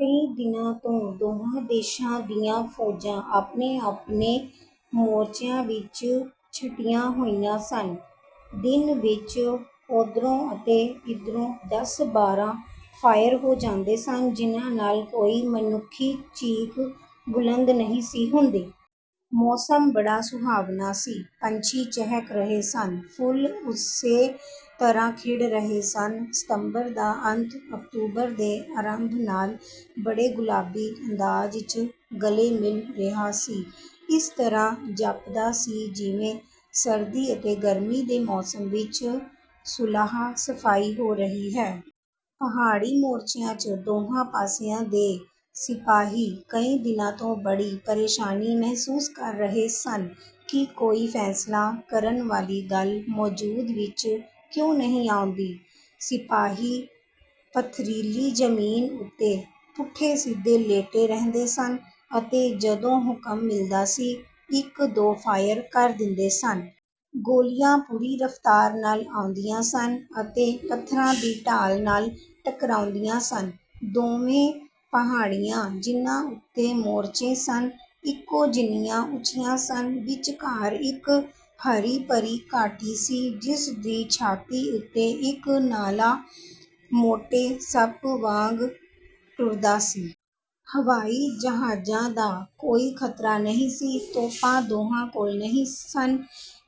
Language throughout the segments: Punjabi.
ਕਈ ਦਿਨਾਂ ਤੋਂ ਦੋਹਾਂ ਦੇਸ਼ਾਂ ਦੀਆਂ ਫੌਜਾਂ ਆਪਣੇ-ਆਪਣੇ ਮੋਰਚਿਆਂ ਵਿਚ ਡਟੀਆਂ ਹੋਈਆਂ ਸਨ। ਦਿਨ ਵਿਚ ਓਧਰੋਂ ਅਤੇ ਇਧਰੋਂ ਦਸ ਬਾਰਾਂ ਫ਼ਾਇਰ ਹੋ ਜਾਂਦੇ ਸਨ, ਜਿਨ੍ਹਾਂ ਨਾਲ ਕੋਈ ਮਨੁੱਖੀ ਚੀਕ ਬੁਲੰਦ ਨਹੀਂ ਸੀ ਹੁੰਦੀ। ਮੌਸਮ ਬੜਾ ਸੁਹਾਵਣਾ ਸੀ। ਪੰਛੀ ਚਹਿਕ ਰਹੇ ਸਨ। ਫੁੱਲ ਉਸੇ ਤਰ੍ਹਾਂ ਖਿੜ ਰਹੇ ਸਨ। ਸਤੰਬਰ ਦਾ ਅੰਤ ਅਕਤੂਬਰ ਦੇ ਅਰੰਭ ਨਾਲ ਬੜੇ ਗੁਲਾਬੀ ਅੰਦਾਜ਼ ਚ ਗਲੇ ਮਿਲ ਰਿਹਾ ਸੀ। ਇਸ ਤਰ੍ਹਾਂ ਜਾਪਦਾ ਸੀ ਜਿਵੇਂ ਸਰਦੀ ਅਤੇ ਗਰਮੀ ਦੇ ਮੌਸਮ ਵਿਚ ਸੁਲਾਹ ਸਫਾਈ ਹੋ ਰਹੀ ਹੈ। ਪਹਾੜੀ ਮੋਰਚਿਆਂ ਚ ਦੋਹਾਂ ਪਾਸਿਆਂ ਦੇ ਸਿਪਾਹੀ ਕਈ ਦਿਨਾਂ ਤੋਂ ਬੜੀ ਪਰੇਸ਼ਾਨੀ ਮਹਿਸੂਸ ਕਰ ਰਹੇ ਸਨ ਕਿ ਕੋਈ ਫ਼ੈਸਲਾ ਕਰਨ ਵਾਲੀ ਗੱਲ ਮੌਜੂਦ ਵਿਚ ਕਿਉਂ ਨਹੀਂ ਆਉਂਦੀ? ਸਿਪਾਹੀ ਪੱਥਰੀਲੀ ਜ਼ਮੀਨ ਉਤੇ ਪੁੱਠੇ ਸਿੱਧੇ ਲੇਟੇ ਰਹਿੰਦੇ ਸਨ ਅਤੇ ਜਦੋਂ ਹੁਕਮ ਮਿਲਦਾ ਸੀ, ਇਕ ਦੋ ਫ਼ਾਇਰ ਕਰ ਦਿੰਦੇ ਸਨ। ਗੋਲੀਆਂ ਪੂਰੀ ਰਫ਼ਤਾਰ ਨਾਲ ਆਉਂਦੀਆਂ ਸਨ ਅਤੇ ਪੱਥਰਾਂ ਦੀ ਢਾਲ ਨਾਲ ਟਕਰਾਉਂਦੀਆਂ ਸਨ। ਦੋਵੇਂ ਪਹਾੜੀਆਂ, ਜਿਨ੍ਹਾਂ ਉਤੇ ਮੋਰਚੇ ਸਨ, ਇਕੋ ਜਿੰਨੀਆਂ ਉਚੀਆਂ ਸਨ। ਵਿਚਕਾਰ ਇਕ ਹਰੀ ਭਰੀ ਘਾਟੀ ਸੀ, ਜਿਸ ਦੀ ਛਾਤੀ ਉਤੇ ਇਕ ਨਾਲਾ ਮੋਟੇ ਸੱਪ ਵਾਗ ਟੁਰਦਾ ਸੀ। ਹਵਾਈ ਜਹਾਜਾਂ ਦਾ ਕੋਈ ਖ਼ਤਰਾ ਨਹੀਂ ਸੀ। ਤੋਪਾਂ ਦੋਹਾਂ ਕੋਲ ਨਹੀਂ ਸਨ।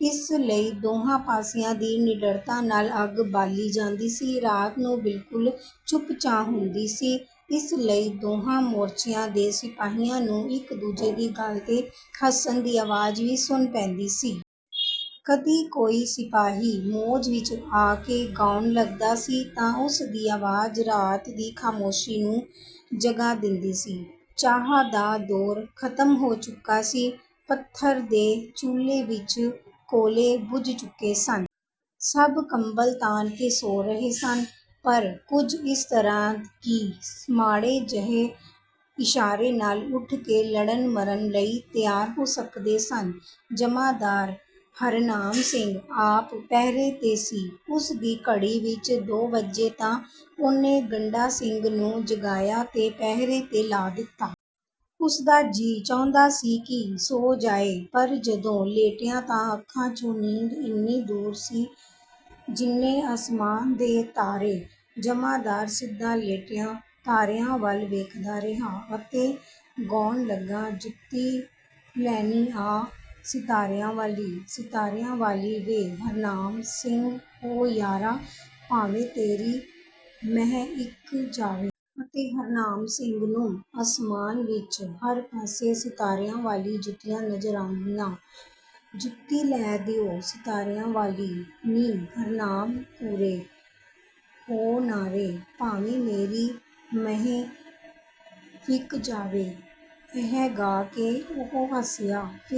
ਇਸ ਲਈ ਦੋਹਾਂ ਪਾਸਿਆਂ ਦੀ ਨਿਡਰਤਾ ਨਾਲ ਅੱਗ ਬਾਲੀ ਜਾਂਦੀ ਸੀ। ਰਾਤ ਨੂੰ ਬਿਲਕੁਲ ਚੁੱਪ-ਚਾਂ ਹੁੰਦੀ ਸੀ, ਇਸ ਲਈ ਦੋਹਾਂ ਮੋਰਚਿਆਂ ਦੇ ਸਿਪਾਹੀਆਂ ਨੂੰ ਇਕ ਦੂਜੇ ਦੀ ਗੱਲ 'ਤੇ ਹੱਸਣ ਦੀ ਆਵਾਜ਼ ਵੀ ਸੁਣ ਪੈਂਦੀ ਸੀ। ਕਦੀ ਕੋਈ ਸਿਪਾਹੀ ਮੌਜ ਵਿਚ ਆ ਕੇ ਗਾਉਣ ਲੱਗਦਾ ਸੀ ਤਾਂ ਉਸਦੀ ਆਵਾਜ਼ ਰਾਤ ਦੀ ਖ਼ਾਮੋਸ਼ੀ ਨੂੰ ਜਗਾ ਦਿੰਦੀ ਸੀ। ਚਾਹ ਦਾ ਦੌਰ ਖ਼ਤਮ ਹੋ ਚੁੱਕਾ ਸੀ। ਪੱਥਰ ਦੇ ਚੁੱਲ੍ਹੇ ਵਿਚ ਕੋਲੇ ਬੁਝ ਚੁੱਕੇ ਸਨ। ਸਭ ਕੰਬਲ ਤਾਣ ਕੇ ਸੌਂ ਰਹੇ ਸਨ, ਪਰ ਕੁੱਝ ਇਸ ਤਰ੍ਹਾਂ ਕਿ ਮਾੜੇ ਜਿਹੇ ਇਸ਼ਾਰੇ ਨਾਲ ਉਠ ਕੇ ਲੜਨ ਮਰਨ ਲਈ ਤਿਆਰ ਹੋ ਸਕਦੇ ਸਨ। ਜਮਾਂਦਾਰ ਹਰਨਾਮ ਸਿੰਘ ਆਪ ਪਹਿਰੇ 'ਤੇ ਸੀ। ਉਸ ਦੀ ਘੜੀ ਵਿਚ ਦੋ ਵੱਜੇ ਤਾਂ ਉਹਨੇ ਗੰਡਾ ਸਿੰਘ ਨੂੰ ਜਗਾਇਆ ਤੇ ਪਹਿਰੇ ਤੇ ਲਾ ਦਿੱਤਾ। ਉਹਦਾ ਜੀਅ ਚਾਹੁੰਦਾ ਸੀ ਕਿ ਸੌ ਜਾਏ, ਪਰ ਜਦੋਂ ਲੇਟਿਆ ਤਾਂ ਅੱਖਾਂ ਚੋਂ ਨੀਂਦ ਇੰਨੀ ਦੂਰ ਸੀ ਜਿੰਨੇ ਅਸਮਾਨ ਦੇ ਤਾਰੇ। ਜਮਾਂਦਾਰ ਸਿੱਧਾ ਲੇਟਿਆ ਤਾਰਿਆਂ ਵੱਲ ਵੇਖਦਾ ਰਿਹਾ, ਅਤੇ ਗੌਣ ਲੱਗਾ, "ਜੁੱਤੀ ਲੈਣੀ ਆ ਸਿਤਾਰਿਆਂ ਵਾਲੀ, ਸਿਤਾਰਿਆਂ ਵਾਲੀ ਵੇ ਹਰਨਾਮ ਸਿੰਘ ਹੋ ਯਾਰਾ, ਭਾਵੇਂ ਤੇਰੀ ਮਹਿੰ ਵਿਕ ਜਾਏ।" ਅਤੇ ਹਰਨਾਮ ਸਿੰਘ ਨੂੰ ਅਸਮਾਨ ਵਿਚ ਹਰ ਪਾਸੇ ਸਿਤਾਰਿਆਂ ਵਾਲੀਆਂ ਜੁੱਤੀਆਂ ਨਜ਼ਰ ਆਈਆਂ। ਜੁੱਤੀ ਲੈ ਦਿਉਂ ਸਿਤਾਰਿਆਂ ਵਾਲੀ ਨੀ ਹਰਨਾਮ ਕੁਰੇ, ਹੋ ਨਾਰੇ, ਭਾਵੇਂ ਮੇਰੀ ਮਹਿੰ ਵਿਕ ਜਾਏ। ਇਹ ਗਾ ਕੇ ਉਹ ਹੱਸਿਆ। ਫਿਰ